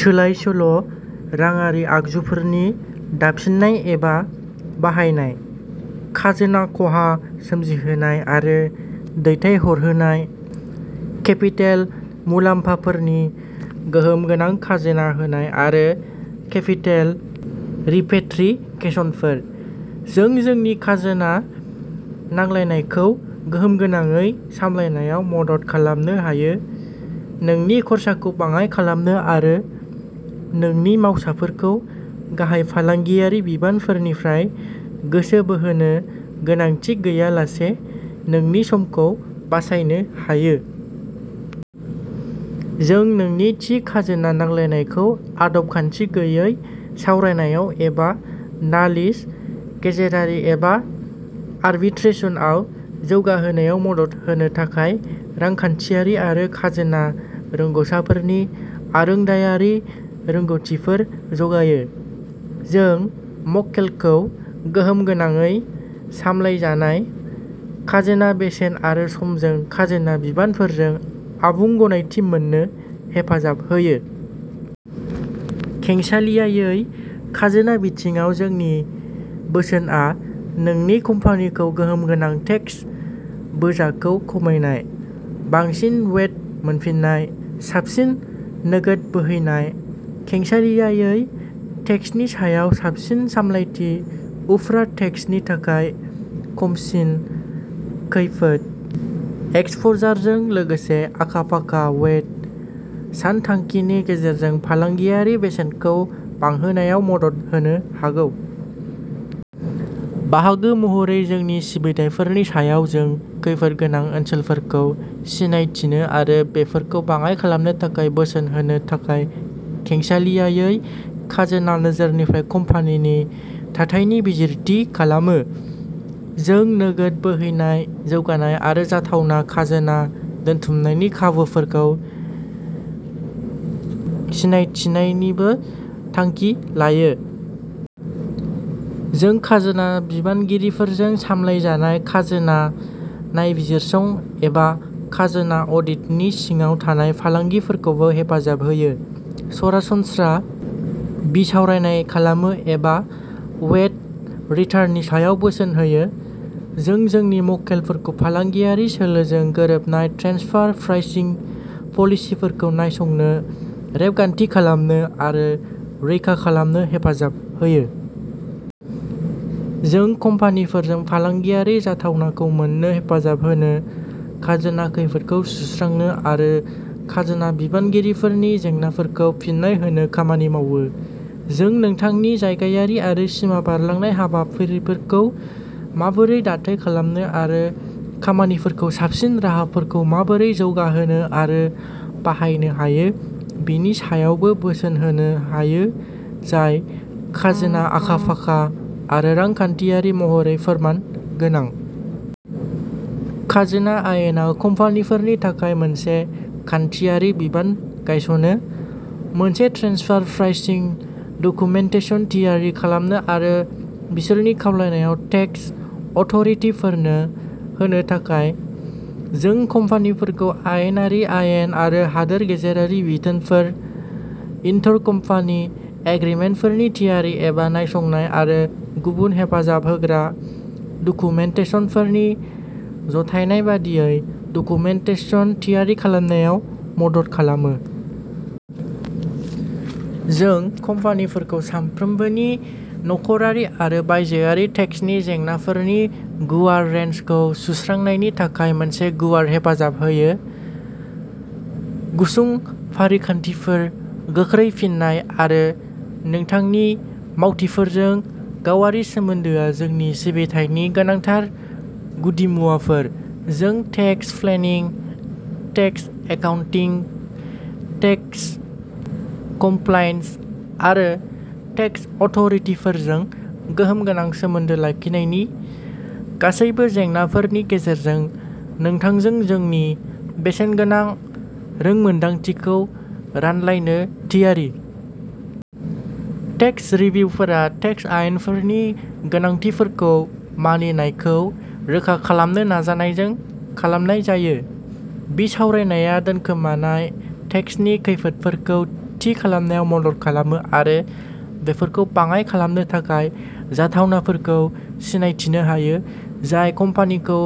सोलाय-सोल' राङारि आगजुफोरनि दाफिननाय एबा बाहायनाय, खाजोना खहा सोमजिहोनाय आरो दैथायहरहोनाय, केपिटेल मुलाम्फाफोरनि गोहोमगोनां खाजोना होनाय आरो केपिटेल रिपेट्रिकेशनफोर। जों नोंनि खाजोना नांलायनायखौ गोहोमगोनाङै सामलायनायाव मदद खालामनो हायो, नोंनि खरसाखौ बाङाइ खालामनो आरो नोंनि मावसाफोरखौ गाहाय फालांगियारि बिबानफोरनिफ्राय गोसो बोहोनो गोनांथि गैयालासे नोंनि समखौ बासायनो हायो। जों नोंनि थि खाजोना नांलायनायखौ आदब-खान्थि गैयै सावरायनायाव एबा नालिस, गेजेरारि एबा आरबिट्रेसनआव जौगाहोनायाव मदद होनो थाखाय रांखान्थियारि आरो खाजोना रोंग'साफोरनि आरोंदायारि रोंग'थिफोर जगायो। जों मक्केलखौ गोहोमगोनाङै सामलायजानाय खाजोना बेसेन आरो समजों खाजोना बिबानफोरजों आबुं गनायथि मोन्नो हेफाजाब होयो। खेंसालियायै खाजोना बिथिङाव जोंनि बोसोनआ नोंनि कम्पानिखौ गोहोमगोनां टेक्स बोजाखौ खमायनाय, बांसिन वेट मोनफिन्नाय, साबसिन नोगोद बोहैनाय, खेंसालियायै टेक्सनि सायाव साबसिन सामलायथि, उफ्रा टेक्सनि थाखाय खमसिन खैफोद एक्सप'जारजों लोगोसे आखा-फाखा वेट सानथांखिनि गेजेरजों फालांगियारि बेसेनखौ बांहोनायाव मदद होनो हागौ। बाहागो महरै जोंनि सिबिथायफोरनि सायाव जों खैफोदगोनां ओनसोलफोरखौ सिनायथिनो आरो बेफोरखौ बाङाइ खालामनो थाखाय बोसोन होनो थाखाय खेंसालियायै खाजोना नोजोरनिफ्राय कम्पानिनि थाथायनि बिजिरथि खालामो। जों नोगोद बोहैनाय जौगानाय आरो जाथावना खाजोना दोनथुमनायनि खाबुफोरखौ सिनायथिनायनिबो थांखि लायो। जों खाजोना बिबानगिरिफोरजों सामलायजानाय खाजोना नायबिजिरसं एबा खाजोना अडिटनि सिङाव थानाय फालांगिफोरखौबो हेफाजाब होयो, सरासनस्रा बिसावरायनाय खालामो एबा वेट रिटार्ननि सायाव बोसोन होयो। जों जोंनि मक्केलफोरखौ फालांगियारि सोलोजों गोरोबनाय ट्रेन्सफार प्राइसिं पलिसिफोरखौ नायसंनो, रेबगान्थि खालामनो आरो रैखा खालामनो हेफाजाब होयो। जों कम्पानिफोरजों फालांगियारि जाथावनाखौ मोन्नो हेफाजाब होनो, खाजोना खैफोदफोरखौ सुस्रांनो आरो खाजोना बिबानगिरिफोरनि जेंनाफोरखौ फिन्नाय होनो खामानि मावो। जों नोंथांनि जायगायारि आरो सिमा बारलांनाय हाबाफारिफोरखौ माबोरै दाथाय खालामनो आरो खामानिफोरनि साबसिन राहाफोरखौ माबोरै जौगाहोनो आरो बाहायनो हायो बेनि सायावबो बोसोन होनो हायो जाय खाजोना आखा-फाखा आरो रांखान्थियारि महरै फोरमान गोनां। खाजोना आयेनआ कम्पानिफोरनि थाखाय मोनसे खान्थियारि बिबान गायसनो। मोनसे ट्रेन्सफार प्राइसिं डकुमेन्टेसन थियारि खालामनो आरो बिसोरनि खावलायनायाव टेक्स अथ'रिटिफोरनो होनो थाखाय। जों कम्पानिफोरखौ आयेनारि आयेन आरो हादोर गेजेरारि बिथोनफोर, इन्टर-कम्पानि एग्रीमेन्टफोरनि थियारि एबा नायसंनाय आरो गुबुन हेफाजाब होग्रा डकुमेन्टेसनफोरनि जथायनाय बायदियै डकुमेन्टेसन थियारि खालामनायाव मदद खालामो। जों कम्पानिफोरखौ सानफ्रोमबोनि नखरारि आरो बायजोआरि टेक्सनि जेंनाफोरनि गुवार रेन्जखौ सुस्रांनायनि थाखाय मोनसे गुवार हेफाजाब होयो। गुसुं फारिखान्थिफोर, गोख्रै फिननाय आरो नोंथांनि मावथिफोरजों गावारि सोमोन्दोआ जोंनि सिबिथायनि गोनांथार गुदिमुवाफोर। जों tax planning, tax accounting, tax compliance आरो टेक्स अथ'रिटिफोरजों गोहोम गोनां सोमोन्दो लाखिनायनि गासैबो जेंनाफोरनि गेजेरजों नोंथांजों जोंनि बेसेनगोनां रोंमोनदांथिखौ रानलायनो थियारि। टेक्स रिभ्युफोरा टेक्स आयेनफोरनि गोनांथिफोरखौ मानिनायखौ रोखा खालामनो नाजानायजों खालामनाय जायो। बिसावरायनाया दोनखोमानाय टेक्सनि खैफोदफोरखौ थि खालामनायाव मदद खालामो आरो बेफोरखौ बाङाइ खालामनो थाखाय जाथावनाफोरखौ सिनायथिनो हायो, जाय कम्पानिखौ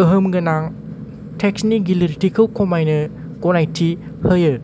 गोहोम गोनां टेक्सनि गिलिरथिखौ खमायनो गनायथि होयो।